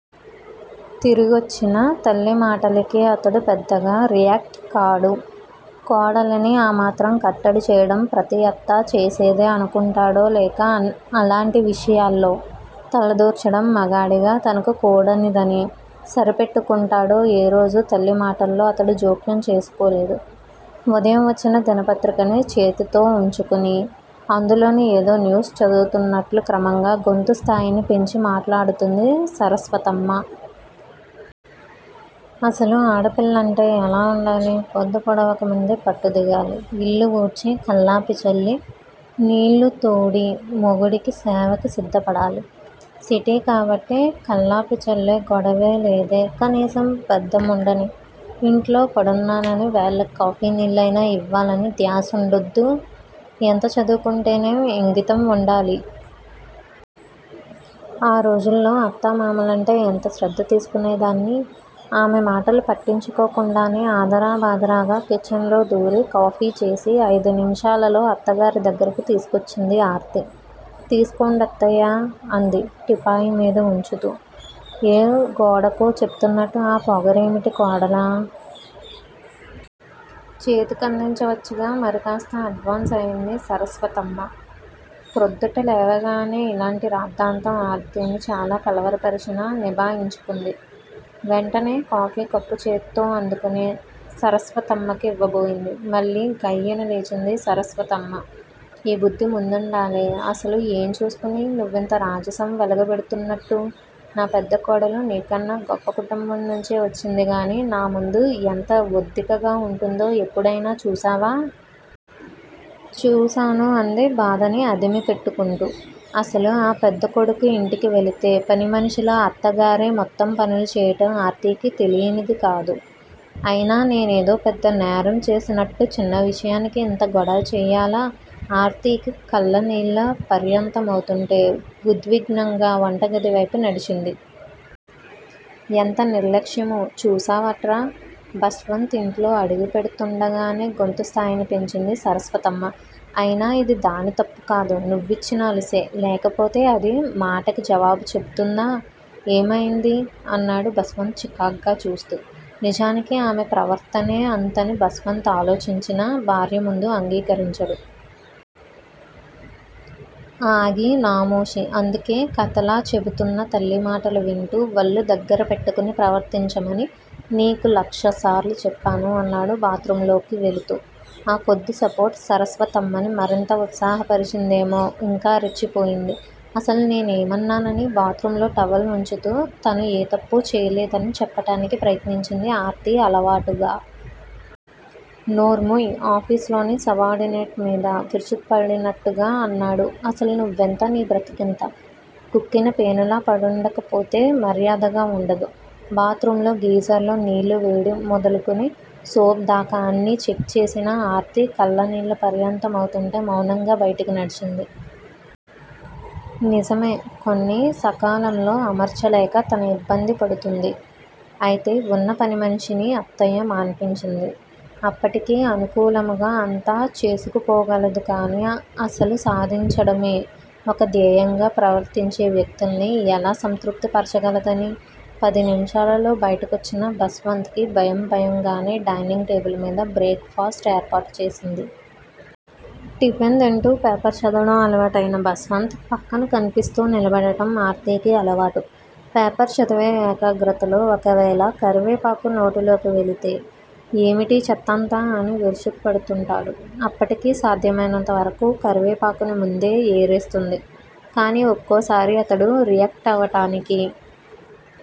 తిరిగొచ్చినా తల్లి మాటలకి అతడు పెద్దగా రియాక్ట్. కాడు. కోడలిని ఆమాత్రం కట్టడి చేయడం ప్రతి అత్తా చేసేదే అనుకుంటాడో లేక అలాంటి విషయాల్లో తలదూర్చడం మగాడిగా తనకు కూడనిదని సరిపెట్టుకుంటాడో ఏ రోజూ తల్లి మాటల్లో అతడు జోక్యం చేసుకోలేదు. ఉదయం వచ్చిన దినపత్రికని చేతితో ఉంచుకుని అందులోని ఏదో న్యూస్ చదువుతున్నట్లు క్రమంగా గొంతు స్థాయిని పెంచి మాట్లాడుతూంది సరస్వతమ్మా. అసలు ఆడపిల్లంటే ఎలా వుండాలి? పొద్దు పొడవకముందే పట్టు దిగాలి. ఇల్లు ఊడ్చి, కళ్ళాపి జల్లి, నీళ్ళూ తోడి మొగుడికి సేవకి సిద్ధపడాలి. సిటీ కాబట్టి కాళ్ళాపి జల్లే గొడవలేదే, కనీసం పెద్దముండని ఇంట్లో పడున్నాననీ, వేళకి కాఫీ నీళ్ళయినా ఇవ్వాలనీ ధ్యాస ఉండొద్దూ. ఎంత చదువుకుంటేనేం ఇంగితం వుండాలి. ఆ రోజుల్లో అత్తా, మామలంటే ఎంత శ్రద్ధ తీసుకునేదాన్ని ఆమె మాటలు పట్టించుకోకుండానే ఆదరబాదరాగా కిచెన్ లో దూరి కాఫీ చేసి అయిదు నిమిషాలలో అత్తగారి దగ్గరకు తీసుకొచ్చింది ఆర్తి. తీసుకోండత్తయ్యా అంది టీపాయ్ మీద వుంచుతూ. ఏ గోడకో చెబుతున్నట్టు ఆ పొగరేమిటి కోడలా! చేతికందించవచ్చుగా? మరికాస్త అడ్వాన్సయింది సరస్వతమ్మ. ప్రొద్దుట లేవగానే ఇలాంటి రాద్ధాంతం ఆర్తిని చాలా కలవరపరిచినా నిభాయించుకుంది. వెంటనే కాఫీ కప్పుచేత్తో అందుకుని సరస్వతమ్మకి యివ్వబోయింది. మళ్ళీ గయ్యి న లేచింది సరస్వతమ్మ. ఈబుద్ది ముందుండాలే. అసలు ఏం చూసుకుని నువ్వింత రాజసం వెలగబెడుతున్నట్టు? నా పెద్ద కోడలు నీకన్నా గొప్ప కుటుంబం నుంచే వచ్చిందిగాని నా ముందు ఎంత ఒద్దికగా వుంటుందో ఎప్పుడయినా చూశావా? చూశాను అంది బాధని అదిమి పెట్టుకుంటూ. ఆసలు ఆ పెద్ద కొడుకు ఇంటికి వెళితే పనిమనిషిలా అత్తగారే మొత్తం పనులు చేయటం ఆర్తికి తెలీనిది కాదు. అయినా నేనేదో పెద్ద నేరం చేసినట్టు చిన్న విషయానికి ఇంత గొడవ చేయాలా? ఆర్తికి కళ్ళనీళ్ల పర్యంతమౌతుంటే వుద్విగ్నంగా వంటగది వైపు నడించింది. ఎంత నిర్లక్ష్యమో చూశావట్రా? భాస్వంత్ ఇంటిలో అడుగుపెటుతుండగానే గొంతు స్థాయిని పెంచింది సరస్వతమ్మ. అయినా ఇది దాని తప్పు కాదు నువ్విచ్చిన అలుసే. లేకపోతే అది మాటకి జవాబు చెబుతుందా? ఏమైంది? అన్నాడు భాస్వంత్ చికాగ్గా చూస్తూ. నిజానికి ఆమె ప్రవర్తనే అంతని భాస్వంత్ ఆలోచించినా భార్యముందు అంగీకరించడు. ఆగి నామోషీ. అందుకే కథలా చెబుతున్న తల్లి మాటలు వింటూ ఒళ్ళు దగ్గరపెట్టుకుని ప్రవర్తించమని నీకు లక్షసార్లు చెప్పాను అన్నాడు బాత్ రూంలోకి వెళుతూ. ఆ కొద్ది సపోర్ట్ సరస్వతమ్మని మరింత ఉత్సాహపరిచిందేమో ఇంకా రెచ్చిపోయింది. అసలు నేనేమన్నానని? బాత్ రూంలో టవల్ వుంచుతూ తను ఏ తప్ప్పూ చేయలేదని చెప్పటానికి ప్రయత్నించింది ఆర్తి అలవాటుగా. నోర్ముయ్! ఆఫీసులోని సబార్డినేట్ మీద విరుచుకుపడినట్టుగా అన్నాడు అసలు నువ్వెంత నీ బ్రతుకెంత? కుక్కిన పేనులా పడుండకపోతే మర్యాదగా వుండదు. బాత్ రూంలో గీజర్ లో నీళ్ళూ వేడి మొదలుకుని సోప్ దాకా అన్నీ చెక్ చేసిన ఆర్తి కళ్ళనీళ్ళ పర్యంతమవుతుంటే మౌనంగా బయటికి నడిచింది. నిజమే! కొన్ని సకాలంలో అమర్చలేక తన ఇబ్బంది పడుతూంది. అయితే ఉన్న పనిమనిషినీ అత్తయ్య మాన్పించింది. అప్పటికీ అనుకూలముగా అంతా చేసుకుపోగలదుకాని అసలు సాధించడమే ఒక ధ్యేయంగా ప్రవర్తించే వ్యక్తుల్ని ఎలా సంతృప్తి పరచగలదని. పది నిమిషాలలో బయటకొచ్చిన భాస్వంత్ కి భయం భయంగానే డైనింగ్ టేబుల్ మీద భ్రేక్ ఫాస్ట్ ఏర్పాటు చేసింది. టిఫిన్ తింటూ పేపర్ చదవడం అలవాటయిన భాస్వంత్ పక్కన కనిపిస్తూ నిలబడటం ఆర్తికి అలవాటు. పేపర్ చదివే ఏకగ్రతలోఒకవేళ కరివేపాకు నోటిలోకి వెళితే 'ఏమిటీ చెత్తంతా? ' అని విరుచుకుపడుతుంటాడు. అప్పటికీ సాధ్యమైనంత వరకూ కరివేపాకుని ముందే ఏరేస్తుంది. కానీ ఒక్కోసారి అతడు రియాక్టవటానికి